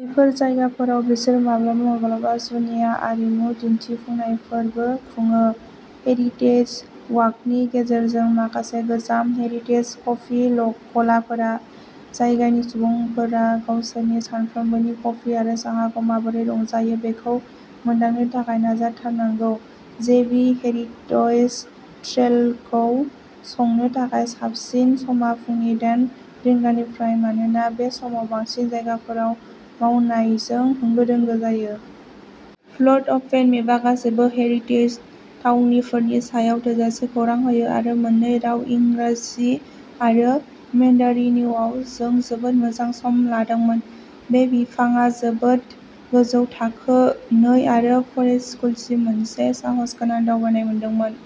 बेफोर जायगाफोराव बिसोरो माब्लाबा-माब्लाबा जुनिया आरिमु दिन्थिफुंनायफोरबो खुङो। हेरिटेज वाकनि गेजेरजों माखासे गोजाम हेरिटेज कफि गलाफोरा जायगानि सुबुंफोरा गावसोरनि सानफ्रोमबोनि कफि आरो साहाखौ माबोरै रंजायो बेखौ मोनदांनो थाखाय नाजाथारनांगौ। जेबि हेरिटेज ट्रेलखौ संनो थाखाय साबसिन समा फुंनि दाइन रिंगानिफ्राय मानोना बे समावनो बांसिन जायगाफोरा मावनायजों होंगो-दोंगो जायो। फोल्ड अपेन मेपआ गासैबो हेरिटेज थावनिफोरनि सायाव थोजासे खौरां होयो आरो मोननै राव इंराजि आरो मेन्डारिनआव। जों जोबोद मोजां सम लादोंमोन। बे बिफांआ जोबोद गोजौ थाखो नै आ फरेस्ट स्कुलसिम मोनसे साहसगोनां दावबायनाय मोनदोंमोन।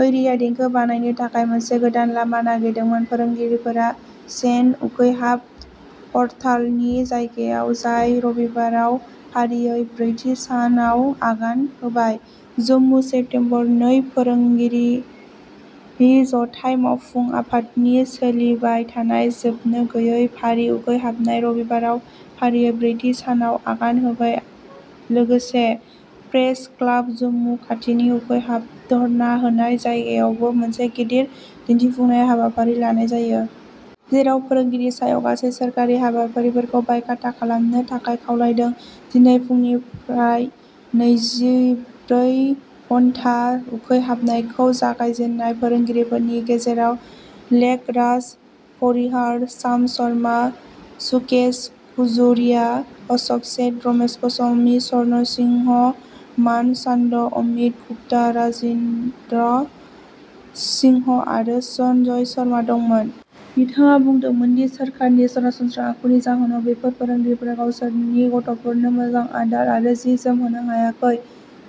हैरीआ देंखो बानायनो थाखाय मोनसे गोदान लामा नागिरदोंमोन। फोरोंगिरिफोरा चेन उखैहाब हरतालनि जायगायाव, जाय रबिबाराव फारियै ब्रैथि सानाव आगान होबाय। जम्मु सेप्तेम्बर नै फोरोंगिरि जथाय मावफुं आफादनि सोलिबाय थानाय जोबनो गोयै फारि उखैहाबनाया रबिबाराव फारियै ब्रैथि सानाव आगान होबाय लोगोसे प्रेस क्लाब जम्मु खाथिनि उखैहाब धर्ना होनाय जायगायावबो मोनसे गिदिर दिन्थिफुंनाय हाबाफारि लानाय जायो। जेराव फोरोंगिरि सानाव गासै सोरखारि हाबाफारिफोरखौ बायकाट खालामनो थाखाय खावलायदों। दिनै फुंनिफ्राय नैजिब्रै घन्टा उखैहाबनायखौ जागायजेननाय फोरोंगिरिफोरनि गेजेराव लेख राज परिहार, शाम शर्मा, सुकेश खजुरिया, अश'क सेठ, रमेश गस्वामी, स्वर्ण सिंह, मान चान्द, अमित गुप्ता, राजिन्दर सिंह आरो सन्जय शर्मा दंमोन। बिथाङा बुंदोंमोन दि सोरखारनि सरासनस्रा आखुनि जाहोनाव बेफोर फोरोंगिरिफोरा गावसोरनि गथ'फोरनो मोजां आदार आरो जि जोम होनो हायाखै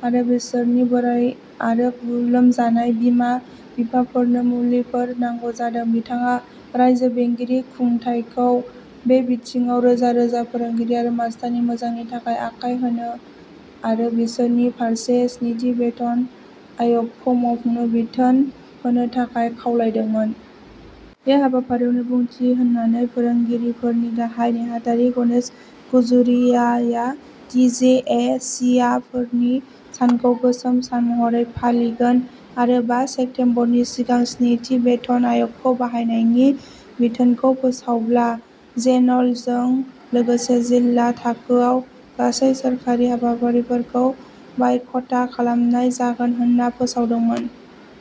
आरो बिसोरनि बोराय आरो लोमजानाय बिमा-बिफाफोरनो मुलिफोर नांगौ जादों। बिथाङा रायजो बेंगिरिनि खुंथायखौ बे बिथिङाव रोजा-रोजा फोरोंगिरि आरो मास्तारनि मोजांनि थाखाय आखाय होनो आरो बिसोरनि फारसे स्निथि बेथन आय'गखौ मावफुंनो बिथोन होनो थाखाय खावलायदोंमोन। बे हाबाफारियावनो बिबुंथि होनानै फोरोंगिरि फोरनि गाहाय नेहाथारि गनेश खजुरियाया टि जे ए सीआ फोरनि सानखौ गोसोम सान महरै फालांगोन आरो बा सेप्तेम्बरनि सिगां स्निथि बेथन आय'गखौ बाहायनायनि बिथोनखौ फोसावाब्ला ज'नेलजों लोगोसे जिल्ला थाखोआव गासैबो सोरखारि हाबाफारिफोरखौ बायकटा खालामनाय जागोन होनना फोसावदोंमोन।